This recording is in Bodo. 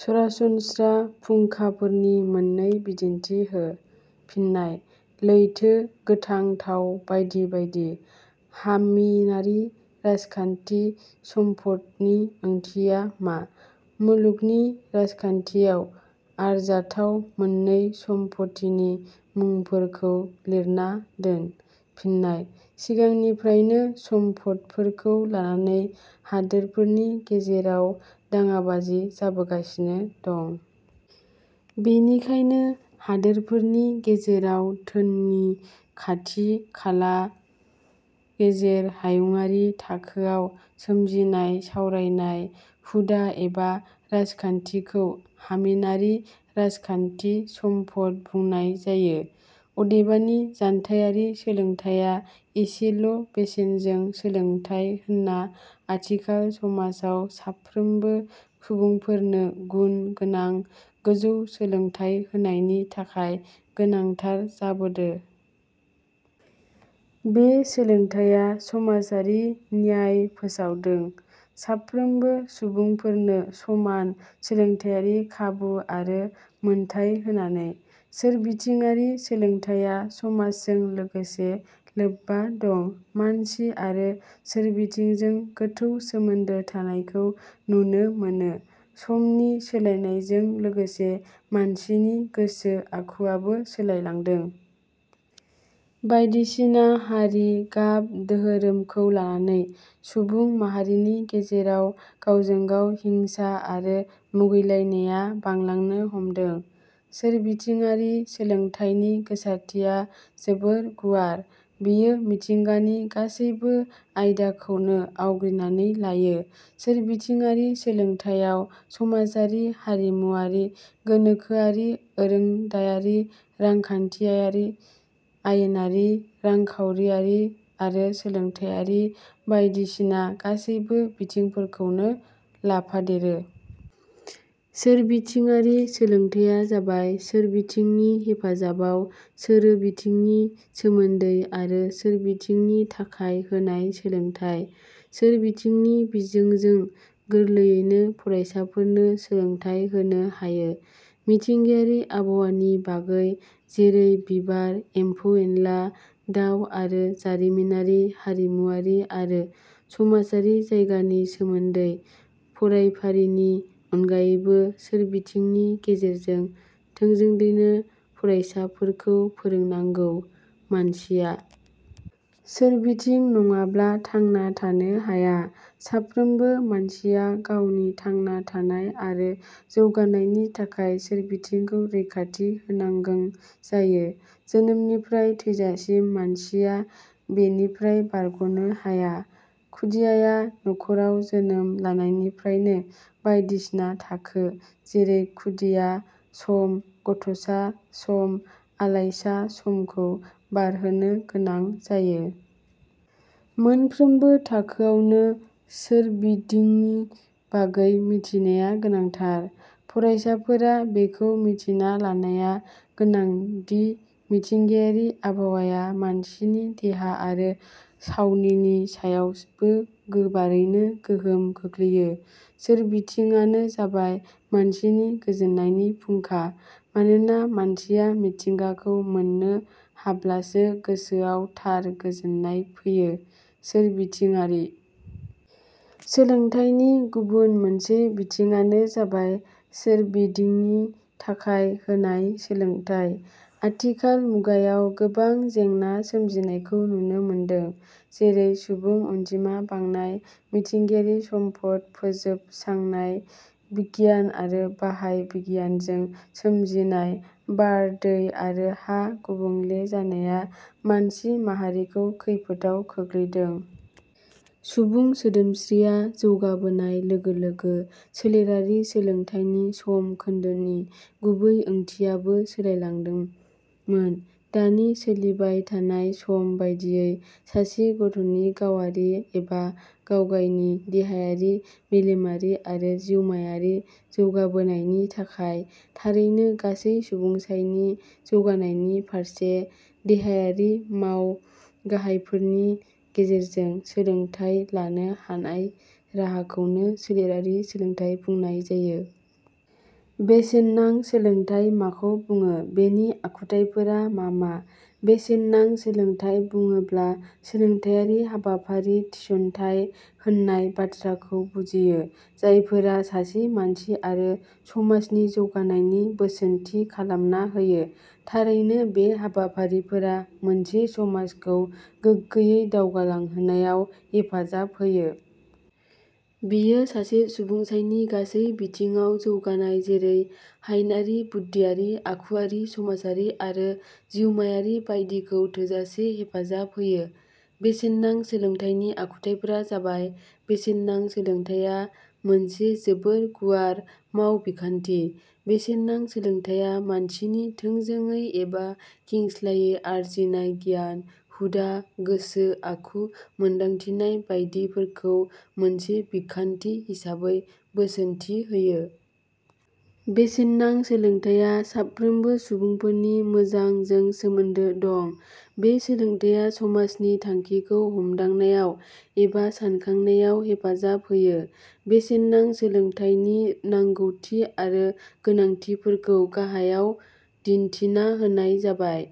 सरासनस्त्रा फुंखाफोरनि मोननै बिदिन्थि हो। फिन्नाय: लैथो, गोथां थाव बायदि बायदि। हामिनारि राजखान्थि सम्पदनि ओंथिया मा? मुलुगनि राजखान्थियाव आरजाथाव मोननै सम्फथिनि मुंफोरखौ लिरना दोन। फिन्नाय: सिगांनिफ्रायनो सम्फदफोरखौ लानानै हादोरफोरनि गेजेराव दाङाबाजि जाबोगासिनो दं। बेनिखायनो, हादोरफोरनि गेजेराव धोननि खाथि खाला गेजेर हायुंआरि थाखोआव सोमजिनाय सावरायनाय, हुदा एबा राजखान्थिखौ हामिनारि राजखान्थि सम्पद बुंनाय जायो। अदेबानि, जानथाइयारि सोलोंथाइया एसेल' बेसेनजों सोलोंथाइ होना आथिखाल समाजाव साफ्रोमबो सुबुंफोरनो गुन गोनां गोजौ सोलोंथाइ होनायनि थाखाय गोनांथार जाबोदो। बे सोलोंथाइया समाजारि न्याय फोसावदों साफ्रोमबो सुबुंफोरनो समान सोलोंथाइयारि खाबु आरो मोनथाइ होनानै। सोरबिथिङारि सोलोंथाइया समाजजों लोगोसे लोब्बा दं। मानसि आरो सोरबिथिंजों गोथौ सोमोन्दो थानायखौ नुनो मोनो समनि सोलायनायजों लोगोसे मानसिनि गोसो आखुवाबो सोलायलांदों। बायदिसिना हारि, गाब, दोहोरोमखौ लानानै सुबुं माहारिनि गेजेराव गावजों गाव हिंसा आरो मुगैलायनाया बांलांनो हमदों।: सोरबिथिङारि सोलोंथाइनि गोसारथिया जोबोर गुवार बेयो मिथिंगानि गासैबो आइदाखौनो आवग्रिनानै लायो। सोरबिथिङारि सोलोंथाइयाव समाजारि, हारिमुवारि, गोनोखोआरि, ओरोंदायारि, रांखान्थियारि, आयेनारि, रांखाउरियारि आरो सोलोंथाइयारि बाइदिसिना गासैबो बिथिंफोरखौनो लाफादेरो। सोरबिथिङारि सोलोंथाइया जाबाय सोरबिथिंनि हेफाजाबाव, सोरोबिथिंनि सोमोन्दै आरो सोरबिथिंनि थाखाय होनाय सोलोंथाइ।. सोरबिथिंनि बिजोंजों गोरलैयैनो फरायसाफोरनो सोलोंथाइ होनो हायो। मिथिंगायारि आबहावानि बागै जेरै- बिबार, एम्फौ एनला, दाउ आरो जारिमिनारि, हारिमुवारि आरो समाजारि जायगानि सोमोन्दै फरायफारिनि अनगायैबो सोरबिथिंनि गेजेरजों थोंजोडैनो फरायसाफोरखौ फोरोंनांगौ।.मानसिया सोरबिथिं नङाब्ला थांना थानो हाया। साफ्रोमबो मानसिया गावनि थांना थानाय आरो जौगानायनि थाखाय सोरबिथिंखौ रैखाथि होनांगों जायो। जोनोमनिफ्राय थैजासिम मानसिया बेनिफ्राय बारग 'नो हाया। खुदियाआ नख'राव जोनोम लानायनिफ्रायनो बायदिसिना थाखो जेरै खुदिया सम, गथ'सा सम, आलायसा समखौ बारहोनो गोनां जायो। मोनफ्रोमबो थाखोआवनो सोरबिधिंनि बागै मिथिनाया. गोनांथार। फ़रायसाफोरा बेखौ मिथिना लानाया गोनांदि मिथिंगायारि आबहावाया मानसिनि देहा आरो सावनिनि सायावबो गोबारैनो गोहोम खोलैयो। सोरबिथिङानो जाबाय मानसिनि गोजोननायनि फुंखा। मानोना मानसिया मिथिंगाखौ मोननो हाब्लासो गोसोआव थार गोजोननाय फैयो।.सोरबिथिङारि सोलोंथाइनि गुबुन मोनसे बिथिङानो जाबाय सोरबिधिंनि थाखाय होनाय सोलोंथाइ। आथिखाल मुगायाव गोबां जेंना सोमजिनायखौ नुनो मोनदों, जेरै- सुबुं अनजिमा बांनाय, मिथिंगायारि सम्पद फोजोब सांनाय, बिगियान आरो बाहाय बिगियानजों सोमजिनाय बार, दै आरो हा गुबुंले जानाया मानसि माहारिखौ खैफोदाव खोख्लैदों। सुबुं सोदोमस्रिया जौगाबोनाय लोगो लोगो सोलेरारि सोलोंथाइनि सम खोन्दोनि गुबै ओंथियाबो सोलायलादोंमोन। दानि सोलिबाय थानाय सम बादियै सासे गथनि गावआरि एबा गावगायनि देहायारि, मेलेमारि आरो जिउमायारि जौगाबोनायनि थाखाय थारैनो गासै सुबुंसाइनि जौगानायनि फारसे देहायारि माव गाहायफोरनि गेजेरजों सोलोंथाइ लानो हानाय राहाखौनो सोलेरारि सोलोंथाइ बुंनाय जायो। बेसेननां सोलोंथाइ माखौ बुङो? बेनि आखुथाइफोरा मा मा?: बेसेननां सोलोंथाइ बुङोब्ला सोलोंथाइयारि हाबाफारि थिसनथाइ होनाय बाथ्राखौ बुजियो जायफोरा सासे मानसि आरो समाजनि जौगानायनि बोसोनथि खालामना होयो। थारैनो बे हाबाफारिफोरा मोनसे समाजखौ गोग्गोयै दावगालांहोनायाव हेफाजाब होयो। बेयो सासे सुबुंसाइनि गासै बिथिङाव जौगानाय जेरै- हायनारि, बुद्धियारि, आखुवारि, समाजारि आरो जिउमायारि बायदिखौ थोजासे हेफाजाब होयो। बेसेननां सोलोंथाइनि आखुथाइफोरा जाबाय: बेसेननां सोलोंथाइया मोनसे जोबोर गुवार माव बिखान्थि। बेसेननां सोलोंथाइया मानसिनि थोंजोंयै एबा खेंस्लायै आरजिनाय गियान, हुदा, गोसो आखु, मोन्दांथिनाय बायदि फोरखौ मोनसे बिखान्थि हिसाबै बोसोनथि होयो। बेसेननां सोलोंथाइया साफ्रोमबो सुबुंफोरनि 'मोजां' जों सोमोन्दो दं। बे सोलोंथाइया समाजनि थांखिखौ हमदांनायाव एबा सानखांनायाव हेफाजाब होयो।: बेसेननां सोलोंथाइनि नांगौथि आरो गोनांथिफोरखौ गाहायाव दिन्थिना होनाय जाबाय:।